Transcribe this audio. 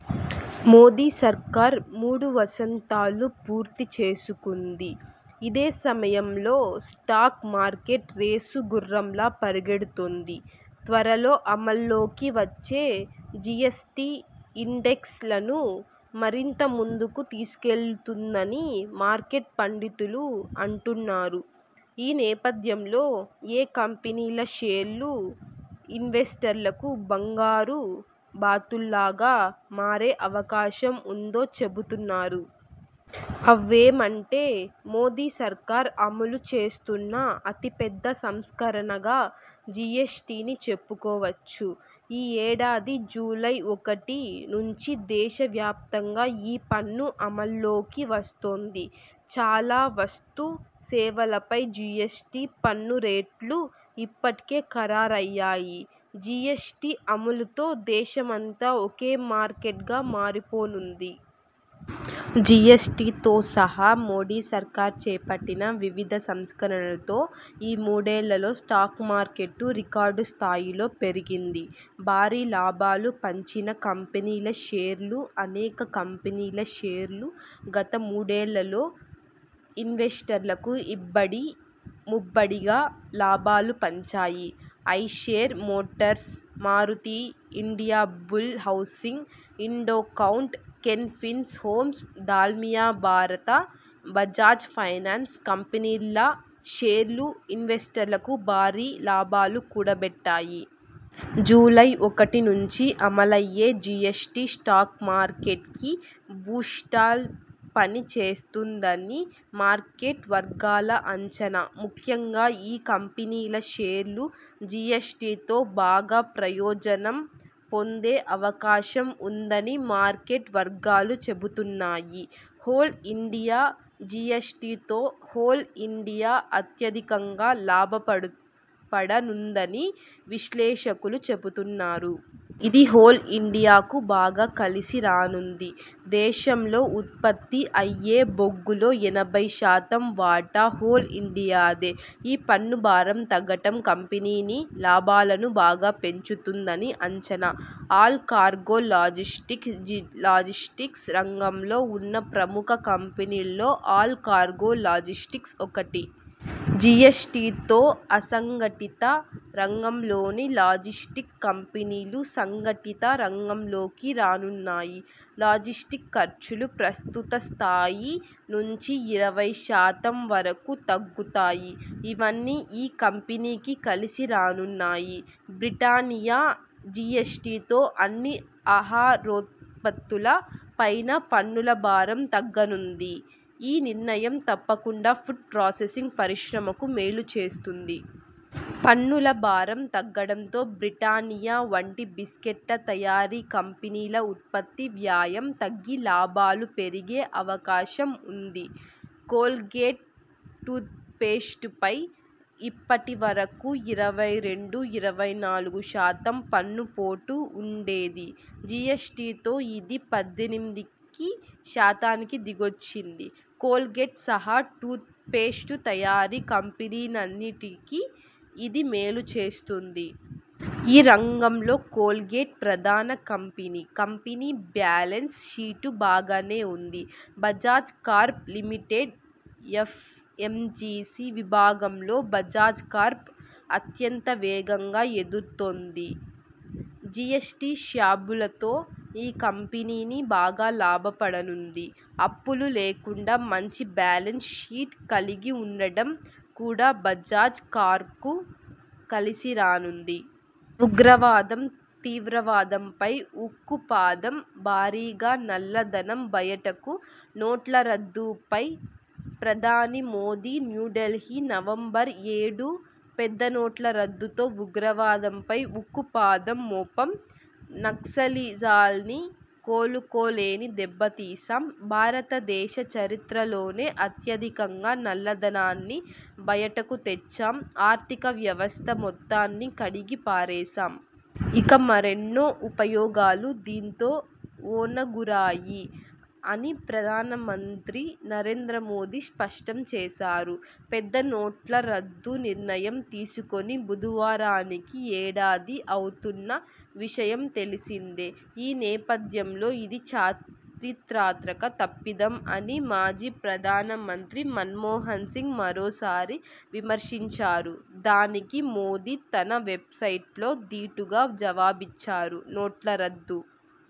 మోదీ సర్కార్ మూడు వసంతాలు పూర్తి చేసుకుంది. ఇదే సమయంలో స్టాక్ మార్కెట్ రేసు గుర్రంలా పరుగెడుతోంది. త్వరలో అమల్లోకి వచ్చే జిఎ్సటి, ఇండెక్స్ లను మరింత ముందుకు తీసుకెళుతుందని మార్కెట్ పండితులు అంటున్నారు. ఈ నేపథ్యంలో ఏ కంపెనీల షేర్లు ఇన్వెస్టర్లకు బంగారు బాతులుగా మారే అవకాశం ఉందో చెబుతున్నారు. అవేమంటే..? మోదీ సర్కార్ అమలు చేస్తున్న అతి పెద్ద సంస్కరణగా జిఎస్టిని చెప్పుకోవచ్చు. ఈ ఏడాది జూలై ఒకటి నుంచి దేశ వ్యాప్తంగా ఈ పన్ను అమల్లోకి వస్తోంది. చాలా వస్తు, సేవలపై జిఎస్టి పన్ను రేట్లు ఇప్పటికే ఖరారయ్యాయి. జిఎ్సటి అమలుతో దేశమంతా ఒకే మార్కెట్గా మారిపోనుంది. జిఎస్టితో సహా మోదీ సర్కార్ చేపట్టిన వివిధ సంస్కరణలతో ఈ మూడేళ్లలో స్టాక్ మార్కెట్టూ రికార్డు స్థాయిలో పెరిగింది. భారీ లాభాలు పంచిన కంపెనీల షేర్లు అనేక కంపెనీల షేర్లు గత మూడేళ్లలో ఇన్వెస్టర్లకు ఇబ్బడి ముబ్బడిగా లాభాలు పంచాయి. Eicher Motors, Maruti, India Bull Housing, Indo Count, Can Fins Homes, Dalmia Bharat, Bajaj finance కంపెనీల షేర్లూ ఇన్వెస్టర్లకు భారీ లాభాలు కూడబెట్టాయి. జూలై ఒకటి నుంచి అమలయ్యే జిఎ్సటి స్టాక్ మార్కెట్కీ బూస్ట్లా పని చేస్తుందని మార్కెట్ వర్గాల అంచనా. ముఖ్యంగా ఈ కంపెనీల షేర్లు జిఎ్సటితో బాగా ప్రయోజనం పొందే అవకాశం ఉందని మార్కెట్ వర్గాలు చెబుతున్నాయి. హోల్ ఇండియా జిఎస్టితో హోల్ ఇండియా అత్యధికంగా లాభపడనుందని విశ్లేషకులు చెబుతున్నారు. ఇది హోల్ ఇండియాకు బాగా కలిసి రానుంది. దేశంలో ఉత్పత్తి అయ్యే బొగ్గులో ఎనభై శాతం వాటా హోల్ ఇండియాదే. ఈ పన్ను భారం తగ్గడం కంపెనీ లాభాలను బాగా పెంచుతుందని అంచనా. ఆల్ కార్గో లాజిస్టిక్స్లాజిస్టిక్స్ రంగంలో ఉన్న ప్రముఖ కంపెనీల్లో ఆల్ కార్గో లాజిస్టిక్స్ ఒకటి. జిఎస్టితో అసంఘటిత రంగంలోని లాజిస్టిక్ కంపెనీలూ సంఘటిత రంగంలోకి రానున్నాయి. లాజిస్టిక్ ఖర్చులూ ప్రస్తుత స్థాయి నుంచి ఇరవై శాతం వరకు తగ్గుతాయి. ఇవన్నీ ఈ కంపెనీకి కలిసి రానున్నాయి. బ్రిటానియా జిఎ్సటితో అన్ని ఆహారోత్పత్తుల పైనా పన్నుల భారం తగ్గనుంది. ఈ నిర్ణయం తప్పకుండా ఫుడ్ ప్రాసెసింగ్ పరిశ్రమకు మేలు చేస్తుంది. పన్నుల భారం తగ్గడంతో బ్రిటానియా వంటి బిస్కట్ల తయారీ కంపెనీల ఉత్పత్తి వ్యయం తగ్గి లాభాలు పెరిగే అవకాశం ఉంది. కోల్గేట్టూత్ పేస్టుపై ఇప్పటి వరకు ఇరవై రెండు-ఇరవై నాలుగు శాతం పన్ను పోటు ఉండేది. జిఎ్సటితో ఇది పద్దెనిమిది శాతానికి దిగొచ్చింది. కోల్గేట్ సహా టూత పేస్టు తయారీ కంపెనీలన్నిటికి ఇది మేలు చేస్తుంది. ఈ రంగంలో కోల్గేట్ ప్రధాన కంపెనీ. కంపెనీ బ్యాలెన్స్ షీటూ బాగానే ఉంది. బజాజ్ కార్ప్ లిమిటెడ్ ఎఫ్ఎంసిజి విభాగంలో బజాజ్ కార్ప్ అత్యంత వేగంగా ఎదుగుతోంది. జిఎస్టి శ్లాబులతో ఈ కంపెనీ బాగా లాభపడనుంది. అప్పులు లేకుండా మంచి బ్యాలెన్స్ షీట్ కలిగి ఉండడం కూడా బజాజ్ కార్ప్కు కలిసి రానుంది. ఉగ్రవాదం, తీవ్రవాదంపై ఉక్కుపాదం.. భారీగా నల్ల ధనం బయటకు నోట్ల రద్దుపై ప్రధాని మోదీ న్యూఢిల్లీ, నవంబరు ఏడు ''పెద్ద నోట్ల రద్దుతో ఉగ్రవాదంపై ఉక్కుపాదం మోపాం. నక్సలిజాన్ని కోలుకోలేని దెబ్బతీశాం. భారతదేశ చరిత్రలోనే అత్యధికంగా నల్ల ధనాన్ని బయటకు తెచ్చాం. ఆర్థిక వ్యవస్థ మొత్తాన్ని కడిగి పారేశాం. ఇంకా మరెన్నో ఉపయోగాలు దీంతో ఒనగూరాయి'' అని ప్రధాన మంత్రి నరేంద్ర మోదీ స్పష్టం చేశారు. పెద్ద నోట్ల రద్దు నిర్ణయం తీసుకుని బుధవారానికి ఏడాది అవుతున్న విషయం తెలిసిందే. ఈ నేపథ్యంలో, ఇది 'చారిత్రక తప్పిదం' అని మాజీ ప్రధాన మంత్రి మన్మోహన్ సింగ్ మరోసారి విమర్శించారు. దానికి మోదీ తన వెబ్సైట్లో దీటుగా జవాబిచ్చారు. నోట్ల రద్దు